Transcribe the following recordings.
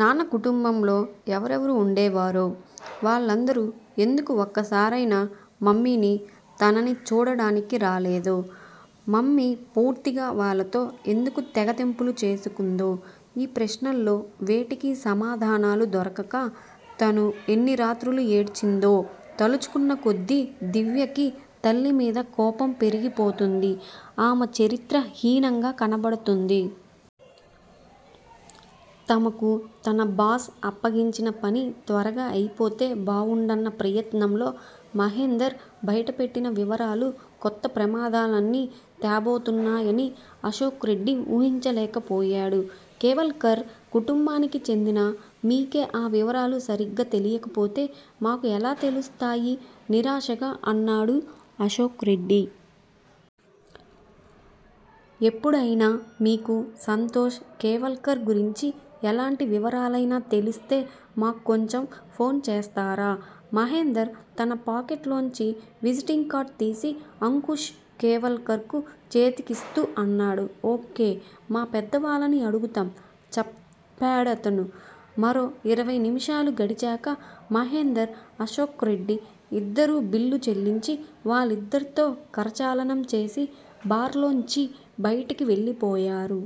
నాన్న కుటుంబంలో ఎవరెవరు వుండేవారో? వాళ్ళందరూ ఎందుకు ఒక్కసారైనా మమ్మీనీ, తననీ చూడడానికి రాలేదో? మమ్మీ పూర్తిగా వాళ్ళతో ఎందుకు తెగతెంపులు చేసుకుందో? ఈ ప్రశ్నల్లో వేటికీ సమాధానాలు దొరకక, తను ఎన్ని రాత్రులు ఏడ్చిందో తలుచుకున్న కొద్దీ దివ్యకి తల్లిమీద కోపం పెరిగిపోతోంది! ఆమె చరిత్ర హీనంగా కనబడతోంది! తమకు తన బాస్ అప్పగించిన పని త్వరగా అయిపోతే బావుండన్న ప్రయత్నంలో మహేందర్ బయట పెట్టిన వివరాలు కొత్త ప్రమాదాల్ని తేబోతున్నాయని అశోక్ రెడ్డి ఊహించలేకపోయాడు. కేవల్కర్ కుటుంబానికి చెందిన మీకే ఆ వివరాలు సరిగ్గా తెలియకపొతే, మాకు ఎలా తెలిస్తాయి? నిరాశగా అన్నాడు అశోక్ రెడ్డి. ఎప్పుడైనా మీకు సంతోష్ కేవల్కర్ గురించి ఎలాంటి వివరాలైనా తెలిస్తే మా క్కొంచెం ఫోన్ చేస్తారా? మహేందర్ తన పాకెట్ లోంచి విజిటింగ్ కార్డు తీసి అంకుష్ కేవల్కర్ చేతికిస్తూ అన్నాడు. ఓ. కే. మా పెద్దవాళ్ళని అడుగుతాం చెప్పాడతను. మరో ఇరవై నిమిషాలు గడిచాక మహేందర్, అశోక్రెడ్డి ఇద్దరూ బిల్లు చెల్లించి, వాళ్ళిద్దరితో కరచాలనం చేసి, బార్ లోంచి బయటకి వెళ్ళిపోయారు.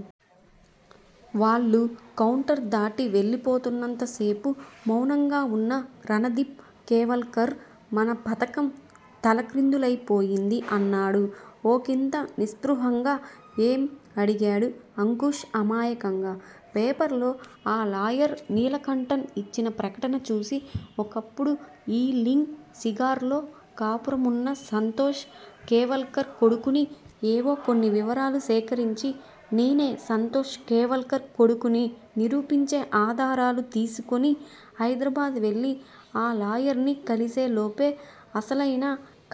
వాళ్ళు కౌంటర్ దాటి వెళుతున్నంతసేపూ, మౌనంగా వున్న రణదీఫ్ కేవల్కర్_ మన పధకం తలక్రిందులైపోయింది అన్నాడు ఒకింత నిస్పృహగా. ఏం? అడిగాడు అంకుష్ అమాయకంగా. పేపర్లో ఆ లాయర్ నీలకంఠన్ యిచ్చిన ప్రకటన చూసి ఒకప్పుడు ఈ లింగ్ సిగార్ లో కాపురమున్న సంతోష కేవల్కర్ కొడుకుని ఏవో కొన్ని వివరాలు సేకరించి, నేనే సంతోష్ కేవల్కర్ కొడుకునని నిరూపించే ఆధారాలు తీసుకుని, హైదరాబాద్ వెళ్ళి ఆ లాయరు ని కలిసే లోపే, అసలైన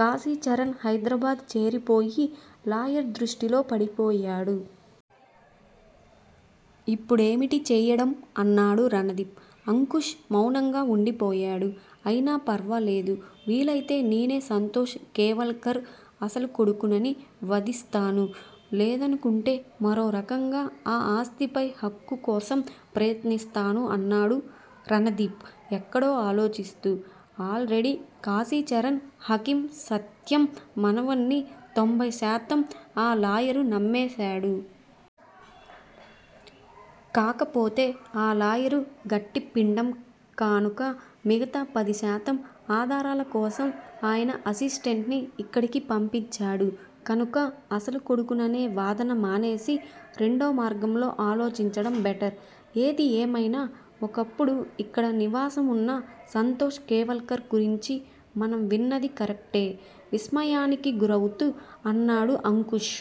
కాశీచరణ్ హైదరాబాద్ చేరిపోయి, లాయరు దృష్టిలో పడిపోయాడు. ఇప్పుడేమిటి చేయడం? అన్నాడు రణదీఫ్. అంకుష్ మౌనంగా వుండిపోయాడు. అయినా ఫర్వాలేదు_ వీలయితే నేనే సంతోష్ కేవల్కర్ అసలు కొడుకునని వదిస్తాను_ లేదనుకుంటే మరో రకంగా ఆ ఆస్తిపై హక్కు కోసం ప్రయత్నిస్తాను అన్నాడు రణదీఫ్ ఎక్కడో ఆలోచిస్తూ. అల్ రెడీ కాశీచరణ్ హకీం సత్యం మనవడ్ని తొంభై శాతం ఆ లాయరు నమ్మేశాడు. కాకపోతే ఆ లాయరు గట్టిపిండం కానుక మిగతా పదిశాతం ఆధారాలకోసం అయన అసిస్టెంట్ ని యిక్కడికి పంపించాడు కనుక అసలు కొడుకుననే వాదన మానేసి, రేండో మార్గంలో ఆలోచించడం బెటర్. ఏది ఏమైనా, ఒకప్పుడు యిక్కడ నివాసమున్న సంతోష్ కేవల్కర్ గురించి మనం విన్నది కరక్టే విస్మయానికి గురవుతూ అన్నాడు అంకుష్.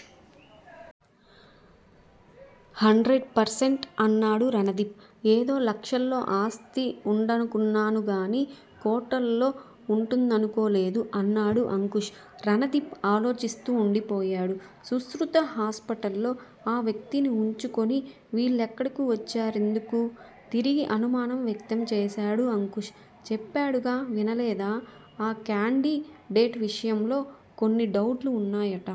హండ్రెడ్ పర్సెంట్ అన్నాడు రణదీఫ్. ఏదో లక్షల్లో ఆస్తి వుండనుకున్నానుగాని, కోట్లలో వుంటుందనుకోలేదు అన్నాడు అంకుష్. రణదీఫ్ అలోచిస్తుండిపోయాడు. శుశ్రుత హాస్పిటల్లో అ వ్యక్తిని వుంచుకుని వీల్లెక్కడకు వచ్చారెందుకూ? తిరిగి అనుమానం వ్యక్తం చేశాడు అంకుష్. చెప్పాడుగా వినలేదా? ఆ క్యాండి డేట్ విషయంలో కొన్ని డౌట్లు వున్నాయట.